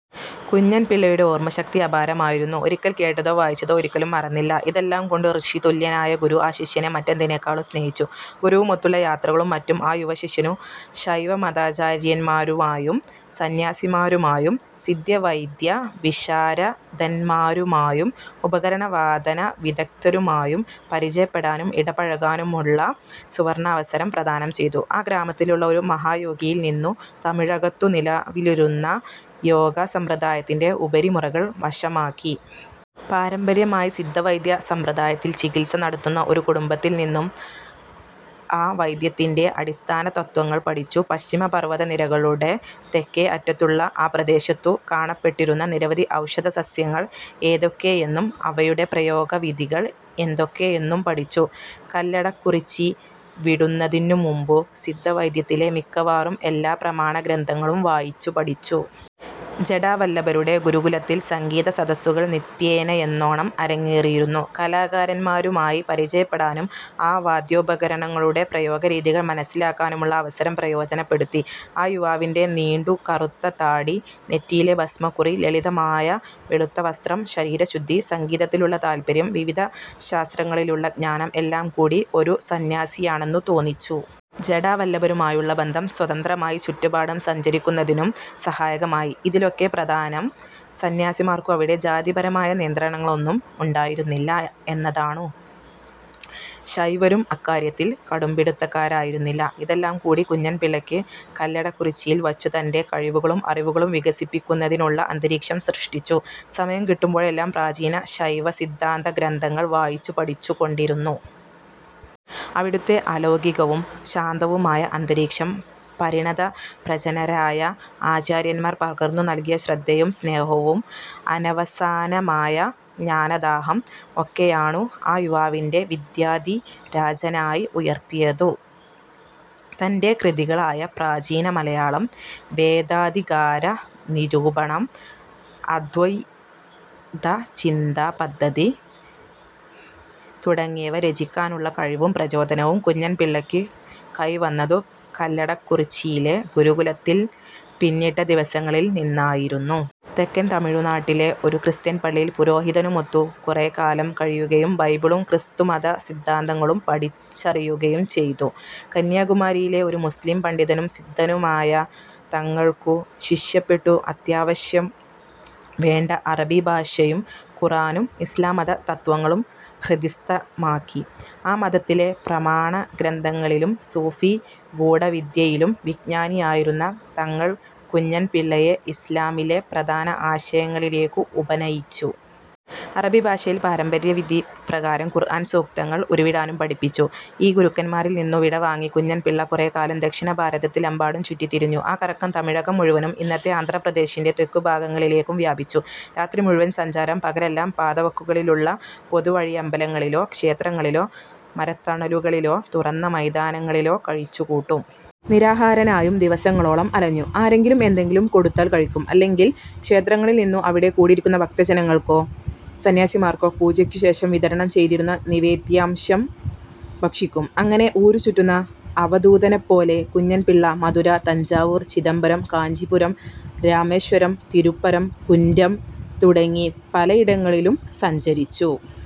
കുഞ്ഞൻപിള്ളയുടെ ഓർമ്മ ശക്തി അപാരമായിരുന്നു. ഒരിക്കൽ കേട്ടതോ വായിച്ചതോ ഒരിക്കലും മറന്നില്ല. ഇതെല്ലാംകൊണ്ടു് ഋഷി തുല്യനായ ഗുരു ആ ശിഷ്യനെ മറ്റെന്തിനെക്കാളും സ്നേഹിച്ചു. ഗുരുവുമൊത്തുള്ള യാത്രകളും മറ്റും ആ യുവശിഷ്യനു് ശൈവമതാചാര്യന്മാരുമായും, സന്ന്യാസിമാരുമായും, സിദ്ധ്യവൈദ്യവിശാരദന്മാരുമായും, ഉപകരണ വാദനവിദഗ്ദ്ധരുമായും പരിചയപ്പെടാനും ഇടപഴകാനുമുള്ള സുവർണ്ണാവസരം പ്രദാനം ചെയ്തു. ആ ഗ്രാമത്തിലെ ഒരു മഹായോഗിയിൽ നിന്നു് തമിഴകത്തു നിലവിലിരുന്ന യോഗ സമ്പ്രദായത്തിന്റെ ഉപരി മുറകൾ വശമാക്കി. പാരമ്പര്യമായി സിദ്ധവൈദ്യ സമ്പ്രദായത്തിൽ ചികിത്സ നടത്തുന്ന ഒരു കുടുംബത്തിൽനിന്നും ആ വൈദ്യത്തിന്റെ അടിസ്ഥാനതത്ത്വങ്ങൾ പഠിച്ചു. പശ്ചിമ പർവത നിരകളുടെ തെക്കേ അറ്റത്തുള്ള ആ പ്രദേശത്തു് കാണപ്പെട്ടിരുന്ന നിരവധി ഔഷധസസ്യങ്ങൾ ഏതൊക്കെയെന്നും, അവയുടെ പ്രായോഗവിധികൾ എന്തൊക്കെയെന്നും പഠിച്ചു. കല്ലടക്കുറിച്ചി വിടുന്നതിനുമുമ്പു് സിദ്ധവൈദ്യത്തിലെ മിക്കവാറും എല്ലാ പ്രമാണ ഗ്രന്ഥങ്ങളും വായിച്ചു പഠിച്ചു. ജടാവല്ലഭരുടെ ഗുരുകുലത്തിൽ സംഗീത സദസ്സുകൾ നിത്യേനയെന്നോണം അരങ്ങേറിയിരുന്നു. കലാകാരന്മാരുമായി പരിചയപ്പെടാനും, ആ വാദ്യോപകരണങ്ങളുടെ പ്രയോഗരീതികൾ മനസ്സിലാക്കാനുമുള്ള അവസരം പ്രയോജനപ്പെടുത്തി. ആ യുവാവിന്റെ നീണ്ടു കറുത്ത താടി, നെറ്റിയിലെ ഭസ്മക്കുറി, ലളിതമായ വെളുത്ത വസ്ത്രം, ശരീരശുദ്ധി, സംഗീതത്തിലുള്ള താല്പര്യം, വിവിധ ശാസ്ത്രങ്ങളിലുള്ള ജ്ഞാനം, എല്ലാംകൂടി ഒരു സന്ന്യാസിയാണെന്നു തോന്നിച്ചു. ജടാവല്ലഭരുമായുള്ള ബന്ധം സ്വതന്ത്രമായി ചുറ്റുപാടും സഞ്ചരിക്കുന്നതിനും സഹായകമായി. ഇതിലൊക്കെ പ്രധാനം സന്ന്യാസിമാർക്കു് അവിടെ ജാതിപരമായ നിയന്ത്രണങ്ങളൊന്നും ഉണ്ടായിരുന്നില്ല എന്നതാണു്. ശൈവരും അക്കാര്യത്തിൽ കടുംപിടിത്തക്കാരായിരുന്നില്ല. ഇതെല്ലാം കൂടി കുഞ്ഞൻപിള്ളയ്ക്ക് കല്ലടക്കുറിച്ചിയിൽ വച്ചു് തന്റെ കഴിവുകളും അറിവുകളും വികസിപ്പിക്കുന്നതിനുള്ള അന്തരീക്ഷം സൃഷ്ടിച്ചു. സമയം കിട്ടുമ്പോഴെല്ലാം പ്രാചീന ശൈവസിദ്ധാന്ത ഗ്രന്ഥങ്ങൾ വായിച്ചു പഠിച്ചുകൊണ്ടിരുന്നു. അവിടുത്തെ അലൗകികവും ശാന്തവുമായ അന്തരീക്ഷം, പരിണത പ്രജനരായ ആചാര്യന്മാർ പകർന്നു നൽകിയ ശ്രദ്ധയും സ്നേഹവും, അനവസാനമായ ജ്ഞാനദാഹം, ഒക്കെയാണു് ആ യുവാവിനെ വിദ്യധിരാജനായി ഉയർത്തിയതു്. തന്റെ കൃതികളായ പ്രാചീന മലയാളം, വേദാധികാരനിരൂപണം, അദ്വൈതചിന്താപദ്ധതി തുടങ്ങിയവ രചിക്കാനുള്ള കഴിവും പ്രചോദനവും കുഞ്ഞൻപിള്ളയ്ക്കു കൈവന്നതു് കല്ലടക്കുറിച്ചിയിലെ ഗുരുകുലത്തിൽ പിന്നിട്ട ദിവസങ്ങളിൽ നിന്നായിരുന്നു. തെക്കൻ തമിഴു്നാട്ടിലെ ഒരു ക്രിസ്ത്യൻ പള്ളിയിൽ പുരോഹിതനുമൊത്തു് കുറെക്കാലം കഴിയുകയും, ബൈബിളും ക്രിസ്തുമതസിദ്ധാന്തങ്ങളും പഠിച്ചറിയുകയും ചെയ്തു. കന്യാകുമാരിയിലെ ഒരു മുസ്ലീം പണ്ഡിതനും സിദ്ധാനുമായ തങ്ങൾക്കു ശിഷ്യപ്പെട്ടു് അത്യാവശ്യം വേണ്ട അറബി ഭാഷയും ഖുറാനും ഇസ്ലാംമത തത്ത്വങ്ങളും ഹൃദിസ്ഥമാക്കി. ആ മതത്തിലെ പ്രമാണഗ്രന്ഥങ്ങളിലും സൂഫി ഗൂഢവിദ്യയിലും വിജ്ഞനായിരുന്ന തങ്ങൾ കുഞ്ഞൻപിള്ളയെ ഇസ്ലാമിലെ പ്രധാന ആശയങ്ങളിലേക്കു് ഉപനയിച്ചു. അറബി ഭാഷയിൽ പാരമ്പര്യവിധി പ്രകാരം ഖുർ-ആൻ സൂക്തങ്ങൾ ഉരുവിടാനും പഠിപ്പിച്ചു. ഈ ഗുരുക്കന്മാരിൽ നിന്നു വിടവാങ്ങി കുഞ്ഞൻപിള്ള കുറെക്കാലം ദക്ഷിണ ഭാരതത്തിലെമ്പാടും ചുറ്റിത്തിരിഞ്ഞു. ആ കറക്കം തമിഴകം മുഴുവനും, ഇന്നത്തെ ആന്ധ്രാപ്രദേശിന്റെ തെക്കുഭാഗങ്ങളിലേക്കും വ്യാപിച്ചു. രാത്രി മുഴുവൻ സഞ്ചാരം. പകലെല്ലാം പാതവക്കുകളിലുള്ള പൊതുവഴിയമ്പലങ്ങളിലോ, ക്ഷേത്രങ്ങളിലോ, മരത്തണലുകളിലോ, തുറന്ന മൈതാനങ്ങളിലോ കഴിച്ചുകൂട്ടും. നിരാഹാരനായും ദിവസങ്ങളോളം അലഞ്ഞു. ആരെങ്കിലും എന്തെങ്കിലും കൊടുത്താൽ കഴിക്കും; അല്ലെങ്കിൽ ക്ഷേത്രങ്ങളിൽ നിന്നു് അവിടെ കൂടിയിരിക്കുന്ന ഭക്തജനങ്ങൾക്കോ സന്ന്യാസിമാർക്കോ പൂജയ്ക്കു ശേഷം വിതരണം ചെയ്തിരുന്ന നിവേദ്യാംശം ഭക്ഷിക്കും. അങ്ങനെ ഊരുചുറ്റുന്ന അവധൂതനെപ്പോലെ കുഞ്ഞൻപിള്ള മധുര, തഞ്ചാവൂർ, ചിദംബരം, കാഞ്ചീപുരം, രാമേശ്വരം, തിരുപ്പരം കുന്റം തുടങ്ങി പലയിടങ്ങളിലും സഞ്ചരിച്ചു.